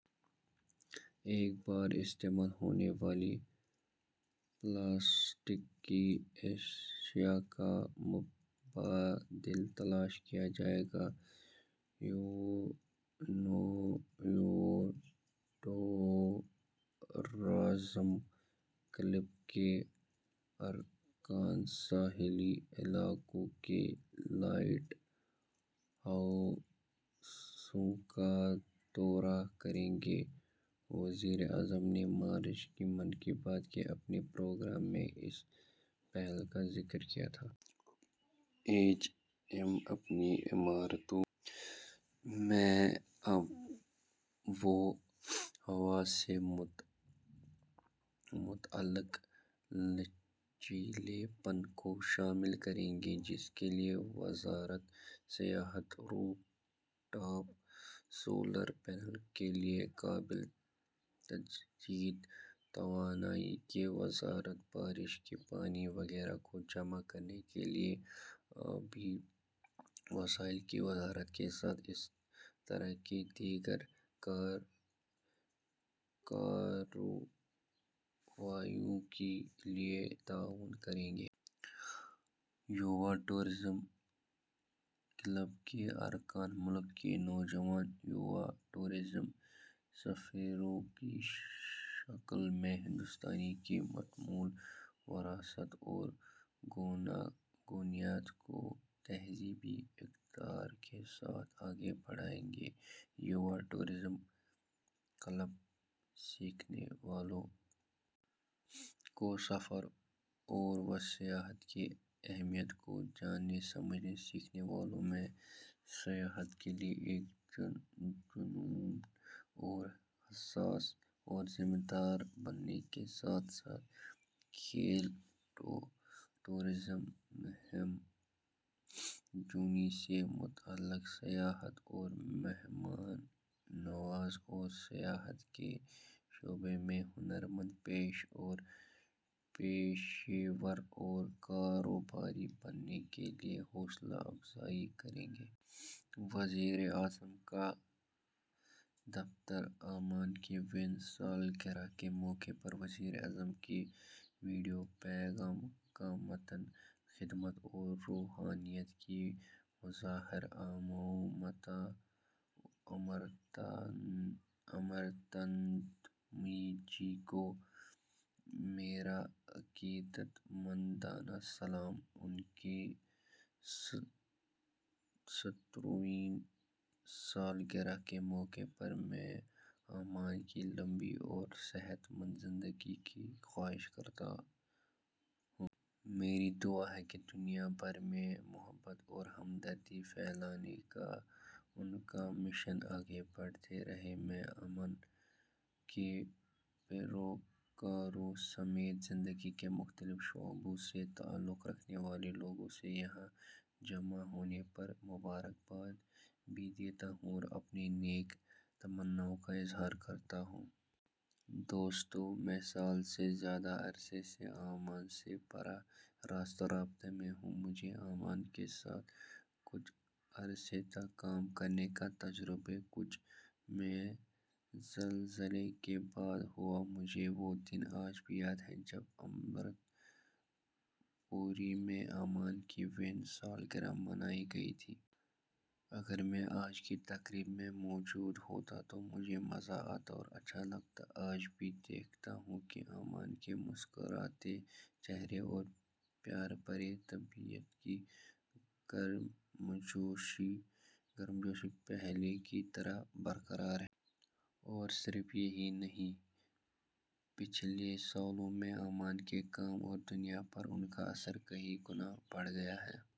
ایک بار استعمال ہونے والی پلاسٹک کی اشیا کا متبادل تلاش کیا جائے گا۔ یووا ٹورازم کلب کےا رکان ساحلی علاقوں کے لائٹ ہاؤسوں کا دورہ کریں گے۔ وزیر اعظم نے مارچ کے ' من کی بات 'کے اپنے پروگرام میں اس پہل کا ذکر کیا تھا۔ ایچ ایم اپنی عمارتوں میں آب و ہوا سے متعلق لچیلے پن کو شامل کریں گے جس کے لئے وزارت سیاحت، روپ ٹاپ سولر پینل کے لئے قابل تجدید توانائی کی وزارت بارش کے پانی وغیرہ کو جمع کرنے کے لئے آبی وسائل کی وزارت کے ساتھ اسی طرح کی دیگر کارروائیوں کے لئے تعاون کرے گی۔ یووا ٹورازم کلب کے ارکان ملک کے نوجوان یووا ٹورزم سفیروں کی شکل میں ہندوستان کی متمول وراثت اور گوناگونیت کو تہذیبی اقدار کے ساتھ آگے بڑھائیں گے۔ یووا ٹورازم کلب سیکھنے والوں کو سفر اور و سیاحت کی اہمیت کو جاننے ، سمجھنے ، سیکھنے والوں میں سیاحت کے لئے ایک جنون اور حساس اور ذمہ دار بنانے کے ساتھ ساتھ کھیل ٹورازم ، مہم جوئی سے متعلق سیاحت اور مہمان نوازی اور سیاحت کے شعبے میں ہنر مند پیشہ ور اور کاروباری بننے کے لیے حوصلہ افزائی کرے گا۔ وزیراعظم کا دفتر اماں کی ویں سالگرہ کے موقع پر وزیر اعظم کے ویڈیو پیغام کا متن خدمت اور روحانیت کی مظہر امّاں، ماتا امرتانندمئی جی کو میرا عقیدت مندانہ سلام۔ ان کی سترویں سالگرہ کے موقع پر، میں اماں کی لمبی اور صحت مند زندگی کی خواہش کرتا ہوں۔ میری دعا ہے کہ دنیا بھر میں محبت اور ہمدردی پھیلانے کا ان کا مشن آگے بڑھتا رہے۔ میں امّاں کے پیروکاروں سمیت زندگی کے مختلف شعبوں سے تعلق رکھنے والے لوگوں کے یہاں جمع ہونے پر مبارکباد بھی دیتا ہوں اور اپنی نیک تمناؤں کا اظہار کرتا ہوں۔ دوستو میں سال سے زیادہ عرصے سے اماں سے براہ راست رابطہ میں ہوں۔ مجھے اماں کے ساتھ کچھ عرصے تک کام کرنے کا تجربہ کچھ میں زلزلے کے بعد ہوا۔ مجھے وہ دن آج بھی یاد ہے جب امرت پوری میں اماں کی ویں سالگرہ منائی گئی تھی۔ اگر میں آج کی تقریب میں موجود ہوتا تو مجھے مزہ آتا اور اچھا لگتا۔ آج بھی دیکھتا ہوں کہ اماں کے مسکراتے چہرے اور پیار بھرے طبیعت کی گرمجوشی پہلے کی طرح برقرار ہے۔ اور صرف یہی نہیں، پچھلے سالوں میں اماں کے کام اور دنیا پر ان کا اثر کئی گنا بڑھ گیا ہے۔